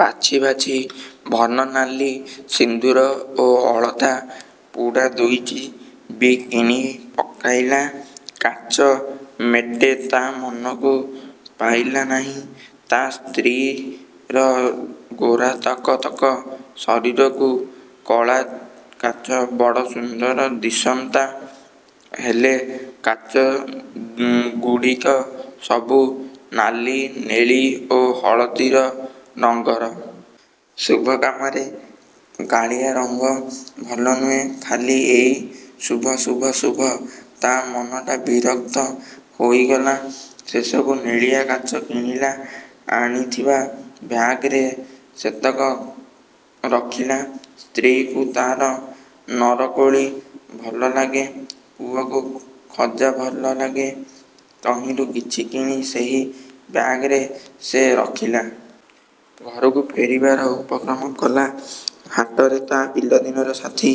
ବାଛି ବାଛି ଭଲ ନାଲି ସିନ୍ଦୂର ଓ ଅଳତା ପୁଡ଼ା ଦୁଇଟି ବି କିଣି ପକାଇଲା-। କାଚ ମେଟେ ତା ମନକୁ ପାଇଲା ନାହିଁ। ତା ସ୍ତ୍ରୀର ଗୋରା ତକ ତକ ଶରୀରକୁ କଳା କାଚ ବଡ଼ ସୁନ୍ଦର ଦିଶନ୍ତା। ହେଲେ କାଚ ଗୁଡ଼ିକ ସବୁ ନାଲି, ନେଳୀ ଓ ହଳଦୀ ରଙ୍ଗର। ଶୁଭ କାମରେ କାଳିଆ ରଙ୍ଗ ଭଲ ନୁହେଁ। ଖାଲି ଏଇ 'ଶୁଭ' 'ଶୁଭ' 'ଶୁଭ'। ତା ମନଟା ବିରକ୍ତ ହୋଇଗଲା-। ଶେଷକୁ ନେଳିଆ କାଚ କିଣିଲା। ଆଣିଥିବା ବ୍ୟାଗରେ ସେତକ ରଖିଲା! ସ୍ତ୍ରୀକୁ ତାର ନରକୋଳି ଭଲ ଲାଗେ। ପୁଅକୁ ଖଜା ଭଲ ଲାଗେ। ତହିଁରୁ କିଛି କିଣି ସେହି ବ୍ୟାଗରେ ସେ ରଖିଲା-। ଘରକୁ ଫେରିବାର ଉପକ୍ରମ କଲା। ହାଟରେ ତା ପିଲାଦିନର ସାଥୀ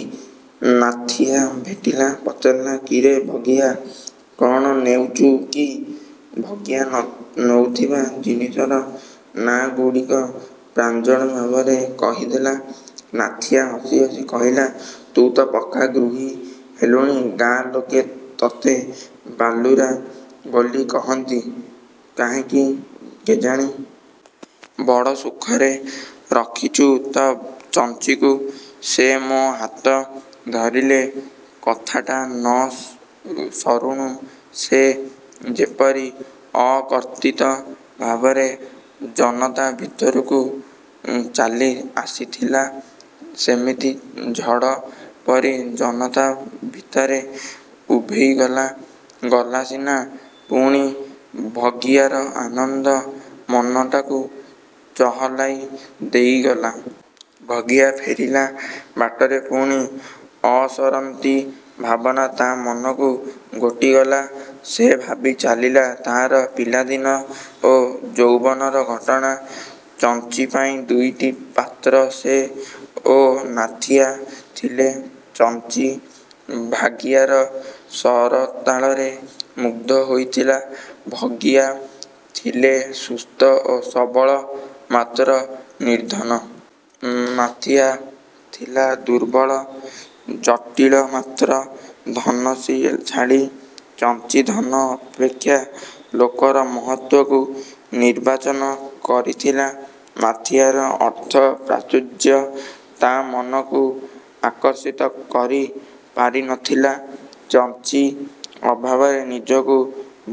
ନାଥିଆ ଭେଟିଲା। ପଚାରିଲା- କିରେ ଭଗିଆ, କ'ଣ ନେଉଚୁ କି? ଭଗିଆ ନଉଥିବା ଜିନିଷର ନା ଗୁଡ଼ିକ ପ୍ରାଞ୍ଜଳ ଭାବରେ କହିଦେଲା। ନାଥିଆ ହସି ହସି କହିଲା-ତୁ ତ ପକ୍କା ଗୃହୀ ହେଲୁଣି। ଗାଁ ଲୋକେ ତତେ ବାଲୁରା ବୋଲି କାହିଁକି କହନ୍ତି କେଜାଣି? ବଡ଼ ସୁଖରେ ରଖିଚୁ ତ ଚଞ୍ଚିକୁ। ସେ ମୋ ହାତ ଧରିଥିଲେ-କଥାଟା ନ ସରୁଣୁ ସେ ଯେପରି ଅକର୍କିତ ଭାବରେ ଜନତା ଭିତରୁ ଚାଲି ଆସିଥିଲା ସେମିତି ଝଡ଼ ପରି ଜନତା ଭିତରେ ଉଭେଇ ଗଲା। ଗଲା ସିନା, ପୁଣି ଭଗିଆର ଆନନ୍ଦ ମନଟାକୁ ଚହଲାଇ ଦେଇଗଲା। ଭଗିଆ ଫେରିଲା। ବାଟରେ ପୁଣି ଅସରନ୍ତି ଭାବନା ତା ମନକୁ ଘୋଟିଗଲା। ସେ ଭାବି ଚାଲିଲା ତା'ର ପିଲାଦିନ ଓ ଯୌବନର ଘଟଣା। ଚଞ୍ଚି ପାଇଁ ଦୁଇଟି ପାତ୍ର ସେ ଓ ନାଥିଆ ଥିଲେ। ଚଞ୍ଚି ଭଗିଆର ସରଳତାରେ ମୁଗ୍ଧ ହୋଇଥିଲା। ଭଗିଆ ଥିଲେ ସୁସ୍ଥ ଓ ସବଳ, ମାତ୍ର ନିର୍ଦ୍ଧନ। ନାଥିଆ ଥିଲା ଦୁର୍ବଳ, ଜଟିଳ ମାତ୍ର ଧନଶାଳୀ। ଚଞ୍ଚି ଧନ ଅପେକ୍ଷା ଲୋକର ମହତ୍ୱକୁ ନିର୍ବାଚନ କରିଥିଲା। ନାଥିଆର ଅର୍ଥ ପ୍ରାଚୁର୍ଯ୍ୟ ତା ମନକୁ ଆକର୍ଷିତ କରି ପାରି ନ ଥିଲା। ଚଞ୍ଚି ଅଭାବରେ ନିଜକୁ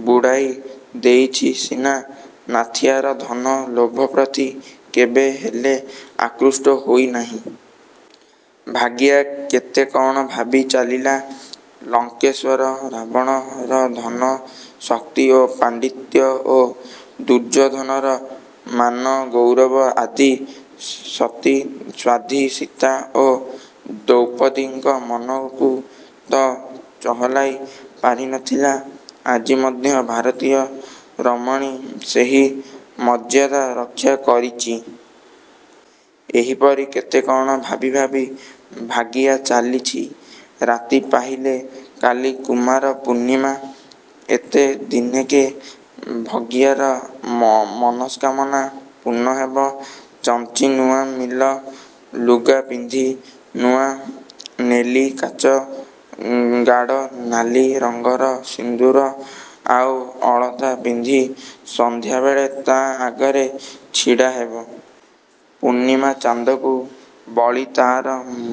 ବୁଡ଼ାଇ ଦେଇଚି ସିନା ନାଥିଆର ଧନ ଲୋଭ ପ୍ରତି କେବେ ହେଲେ ଆକୃଷ୍ଟ ହୋଇନାହିଁ। ଭଗିଆ କେତେ କ'ଣ ଭାବି ଚାଲିଲା। ଲଙ୍କେଶ୍ୱର ରାବଣର ଧନ ଶକ୍ତି ଓ ଫାଣ୍ଡିତ୍ୟ ଓ ଦୁର୍ଯ୍ୟୋଧନର ମାନ, ଗୌରବ ଆଦି ସତୀ ସ୍ୱାଧ୍ୱୀ ସୀତା ଓ ଦ୍ରୌପଦୀଙ୍କ ମନକୁ ତ ଚହଲାଇ ପାରି ନ ଥିଲା। ଆଜି ମଧ୍ୟ ଭାରତୀୟ ରମଣୀ ସେହି ମର୍ଯ୍ୟାଦା ରକ୍ଷା କରିଚି। ଏହିପରି କେତେ କ'ଣ ଭାବି ଭାବି ଭାଗିଆ ଚାଲିଚି। ରାତି ପାହିଲେ କାଲି କୁମାର ପୂର୍ଣ୍ଣିମା। ଏତେ ଦିନକେ ଭଗିଆର ମନସ୍କାମନା ପୂର୍ଣ୍ଣ ହେବ। ଚଞ୍ଚି ନୂଆ ମିଲ୍ ଲୁଗା ପିନ୍ଧି, ନୂଆ। ନେଳି କାଚ, ଗାଢ଼ ନାଲି ରଙ୍ଗର ସିନ୍ଦୂର ଆଉ ଅଳତା ପିନ୍ଧି ସନ୍ଧ୍ୟାବେଳେ ତା ଆଗରେ ଛିଡ଼ା ହେବ। ପୂର୍ଣ୍ଣିମା ଚାନ୍ଦକୁ ବଳି ତାର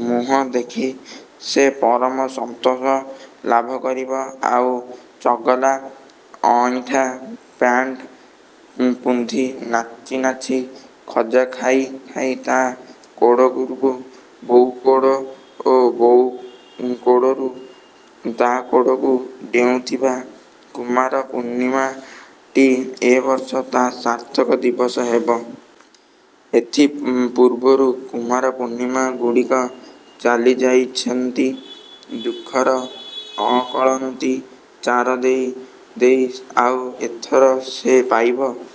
ମୁହଁ ଦେଖି ସେ ପରମ ସନ୍ତୋଷ ଲାଭକରିବ। ଆଉ ଚଗଲା, ଅଇଁଠା ପ୍ୟାଣ୍ଟ ପୁନ୍ଧି ନାଚି ନାଚି ଖଜା ଖାଇ ଖାଇ ତା କୋଡ଼ରୁ ବୋଉ କୋଡ଼ ଓ ବୋଉ କୋଡ଼ରୁ ତା କୋଡ଼କୁ ଡେଉଁଥିବ। କୁମାର ପୂର୍ଣ୍ଣିମାଟି ଏବର୍ଷ ତାର ସାର୍ଥକ ଦିବସ ହେବ। ଏଥି ପୂର୍ବରୁ କୁମାର ପୂର୍ଣ୍ଣିମା ଗୁଡ଼ିକ ଚାଲିଯାଇଛନ୍ତି ଦୁଃଖର ଅକଳନ୍ତି ଚାର ଦେଇ ଦେଇ ଆଉ ଏଥର ସେ ପାଇବ